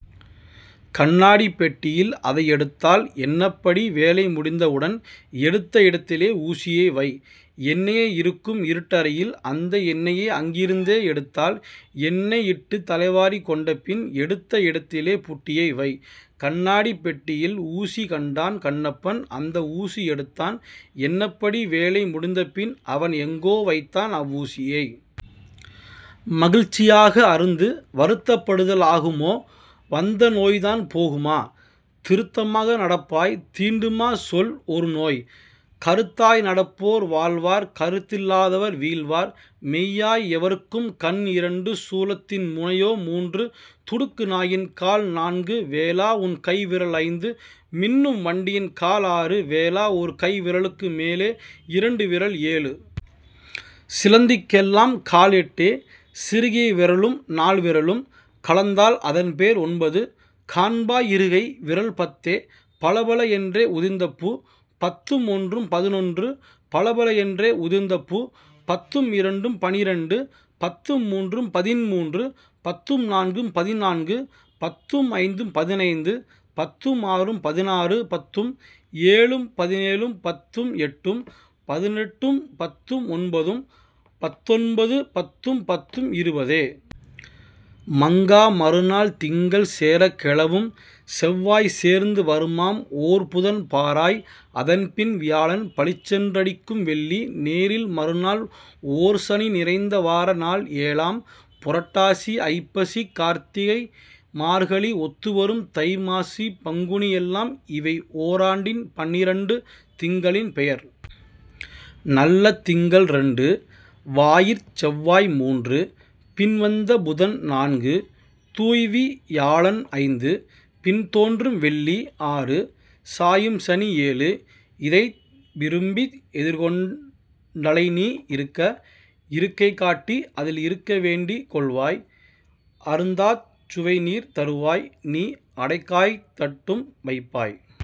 கண்ணாடிப் பெட்டியில் அதை எடுத்தால் எண்ணப்படி வேலை முடிந்த உடன்। எடுத்த இடத்திலே ஊசியை வை. எண்ணெய் இருக்கும் இருட்டறையில்-அந்த எண்ணெயை அங்கிருந்தே எடுத்தால் எண்ணெய் இட்டுத் தலைவாரிக் கொண்டபின் எடுத்த இடத்திலே புட்டியைவை. கண்ணாடிப் பெட்டியில் ஊசி கண்டான் கண்ணப்பன் அந்த ஊசி எடுத்தான்; எண்ணப்படி வேலை முடிந்தபின்-அவன் எங்கோ வைத்தான் அவ்வூசியை. மகிழ்ச்சி யாக அருந்து. வருத்தப் படுதல் ஆகுமோ வந்த நோய்தான் போகுமா? திருத்த மாக நடப்பாய் தீண்டுமா சொல் ஒரு நோய்? கருத்தாய் நடப்போர் வாழ்வார் கருத்தில் லாதவர் வீழ்வார். மெய்யாய் எவர்க்கும் கண் இரண்டு சூலத் தின்முனை யோ மூன்று துடுக்கு நாயின் கால் நான்கு வேலா உன்கை விரல் ஐந்து மின்னும் வண்டின் கால் ஆறு வேலா ஒருகை விர லுக்கு மேலே இரண்டு விரல் ஏழு. சிலந்திக் கெல்லாம் கால் எட்டே சிறுகை விரலும் நால் விரலும் கலந்தால் அதன்பேர் ஒன்பது காண்பாய் இருகை விரல் பத்தே பலபல என்றே உதிர்ந்த பூ பத்தும் ஒன்றும் பதினொன்று பலபல என்றே உதிர்ந்த பூ பத்தும் இரண்டும் பனிரண்டு. பத்தும் மூன்றும் பதின்மூன்று பத்தும் நான்கும் பதினான்கு பத்தும் ஐந்தும் பதினைந்து பத்தும் ஆறும் பதினாறு பத்தும் ஏழும் பதினேழு பத்தும் எட்டும் பதினெட்டு பத்தும் ஒன்பதும் பத்தொன்பது பத்தும் பத்தும் இருபதே. மங்கா மறுநாள் திங்கள் சேரக் கௌவும் செவ்வாய் சேர்ந்து வருமாம் ஓர் புதன் பாராய் அதன்பின் வியாழன் பளிச்சென் றடிக்கும் வெள்ளி நேரில் மறுநாள் ஓர்சனி நிறைந்த வார நாள் ஏழாம். புரட்டாசி ஐப்பசிகார்த் திகைமார்கழி ஒத்துவரும் தைமாசி பங்குனிஎல்லாம்-இவை ஓராண்டின் பனிரண்டு திங்களின் பெயர். நல்ல திங்கள் இரண்டு வாயிற் செவ்வாய் மூன்று-பின் வந்த புதன் நான்கு தூய்வி யாழன் ஐந்து-பின் தோன்றும் வெள்ளி ஆறு சாயும்சனி ஏழு-இதைத் விரும்பி எதிர் கொண் டழைநீ. இருக்க இருக்கை காட்டி-அதில் இருக்க வேண்டிக் கொள்வாய். அருந்தச் சுவைநீர் தருவாய்-நீ அடைகாய்த் தட்டும் வைப்பாய்.